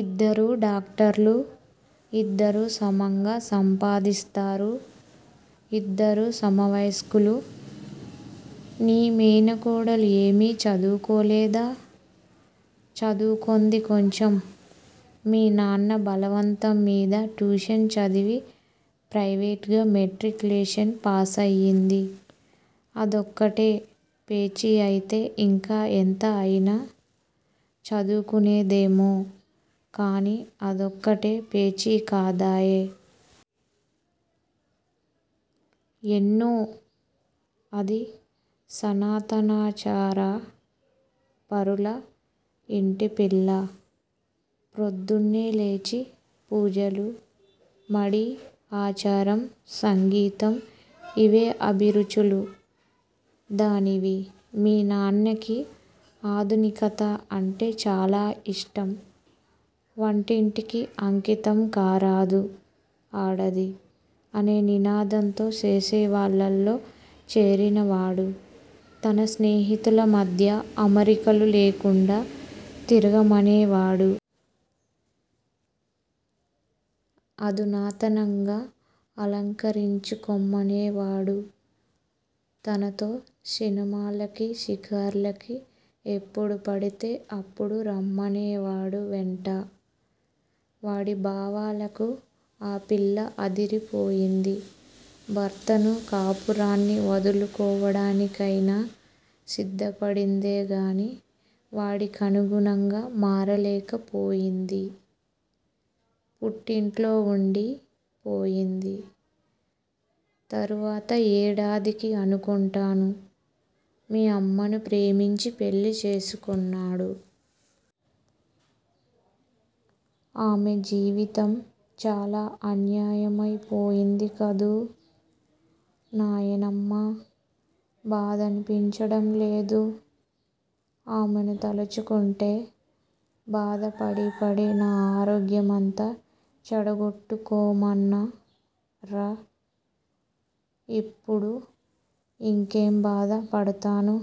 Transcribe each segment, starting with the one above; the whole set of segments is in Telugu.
ఇద్దరూ డాక్టర్లు. ఇద్దరూ సమంగా సంపాదిస్తారు. ఇద్దరూ సమవయస్కులు! నీ మేనకోడలు ఏవి చదువుకోలేదా? చదువుకొంది కొంచెం. మీ నాన్న బలవంతం మిదే ట్యూషన్ చదివి ప్త్రేవేట్ గా మెట్రిక్ లేషన్ పాసయింది. అదొక్కటే పేచి అయితే ఇంకా ఎంత యినా చదువుకోనేదేమో, కానీ, అదొక్కటే పేచి కాదాయె! ఎన్నో! అది సనాతనాచారా పరుల ఇంటిపిల్ల! ప్రోద్దున్నలేచి పూజలు, మడి, ఆచారం, సంగీతం. ఇవే అభిరుచులు దానివి! మీ నాన్నకి ఆధునికత అంటే చాలా ఇష్టం! వంటింటికి అంకితం కారాదు ఆడది' అనే నినాదంతో చేసేవాళ్ళలో చేరినవాడు! తన స్నేహితుల మధ్య అరమరికలు లేకుండా తిరగమనేవాడు! అధునాతనంగా అలంకరించుకొమ్మనేవాడు? తనతో సినిమా లకి షికార్లకి ఎప్పుడు పడితే అప్పుడు రమ్మ నేవాడు వెంట! వాడిభావాలకు ఆ పిల్ల అదిరిపోయింది! భర్తనూ కాపురాన్ని వదులుకోడానిక్తేనా సిద్ధపడిందేగాని వాడికనుగుణం గా మారలేకపోయింది! పుట్టింట్లో ఉండి పోయింది! తరువాత ఏడాదికి అనుకొంటాను, మీ అమ్మను ప్రేమించి పెళ్ళి చేసుకున్నాడు! ఆమె జీవితం చాలా అన్యాయమ్తె పోయింది కదూ, నాయనమ్మ? బాధనిపించడం లేదూ, ఆమెను తలుచుకుంటే? బాధ పడిపడి నా ఆరోగ్యమంతా చేడగోట్టుకోన్నామరా! ఇప్పుడు ఇంకేం బాధ పడతాను?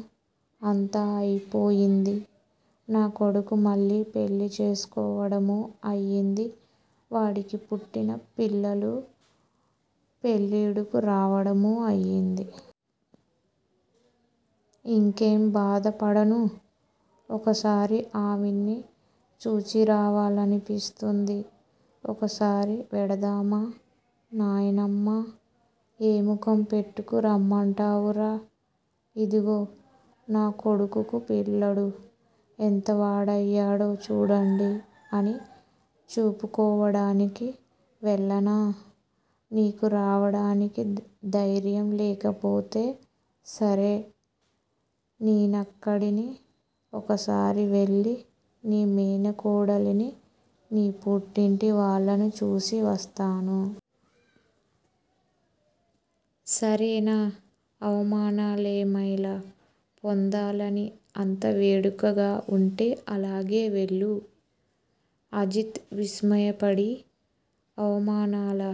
అంతా అయిపోయింది. నా కొడుకు మళ్ళి పెళ్ళి చేసుకోవడమా అయింది! వాడికి పుట్టిన పిల్లలు పెళ్ళీడుకు రావడమూ అయింది! ఇంకేం బాధపడను? ఒకసారి ఆవిణ్ణి చూచిరావాలనిపిస్తూంది! ఒకసారి వెడదామా, నాయనమ్మ? ఏ మొఖం పెట్టుకు రమ్మంటావురా? 'ఇదిగో నాకొడుకు పిల్లడు ఎంతవాడయ్యడో చూడండి అని చూపుకోడానికి వెళ్ళనా? నీకు రావడానికి ద్తేర్యం లేకపోతే సరే! నేనిక్కడిని ఒకసారి వెళ్ళి నీ మేనకోడలిని, నీ పుట్టింటి వాళ్ళనూ చూచి వస్తాను. సరేనా? అవమానాలేమ్తేలా పొందాలని అంత వేడుకగా ఉంటే అలాగే వెళ్ళు! అజిత్ విస్మయపడి, అవమానాలా?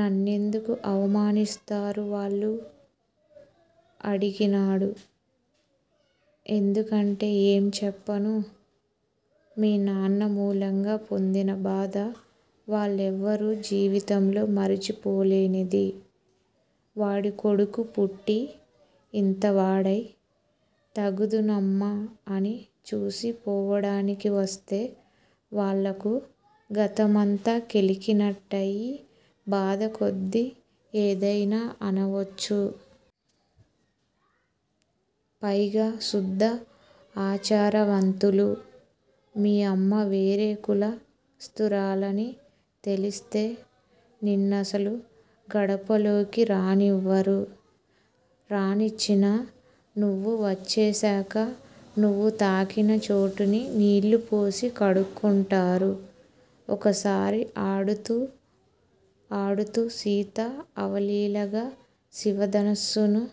నన్నెందుకు అవమానిస్తారు వాళ్ళు? అడిగినాడు. ఎందుకంటే ఏం చెప్పను? మీ నాన్న మూలంగా పొందిన బాధ వాళ్ళెవరూ జీవితంలో మరిచిపోలేనిది! వాడికో కొడుకు పుట్టి, ఇంత వాడ్తే తగుదునమ్మ అని చూచి పోవడానికి వస్తే వాళ్ళకు గతమంతా కెలికి నట్టయ్యి బాధకోద్ది ఎద్తేనా అనవచ్చు! పైగా శుద్ధ ఆచారవంతులు! మీ అమ్మ వేరే కుల స్తురాలని తెలిస్తే నిన్నసలు గడపలోకే రానివ్వరు! రాణిచ్చినా, నువ్వు వచ్చేశాక నువ్వు తాకిన చోటుని నీళ్ళుపోసి కడుక్కుంటారు! ఒకసారి ఆడుతూ ఆడుతూ సీత అవలీలగా శివధనస్సును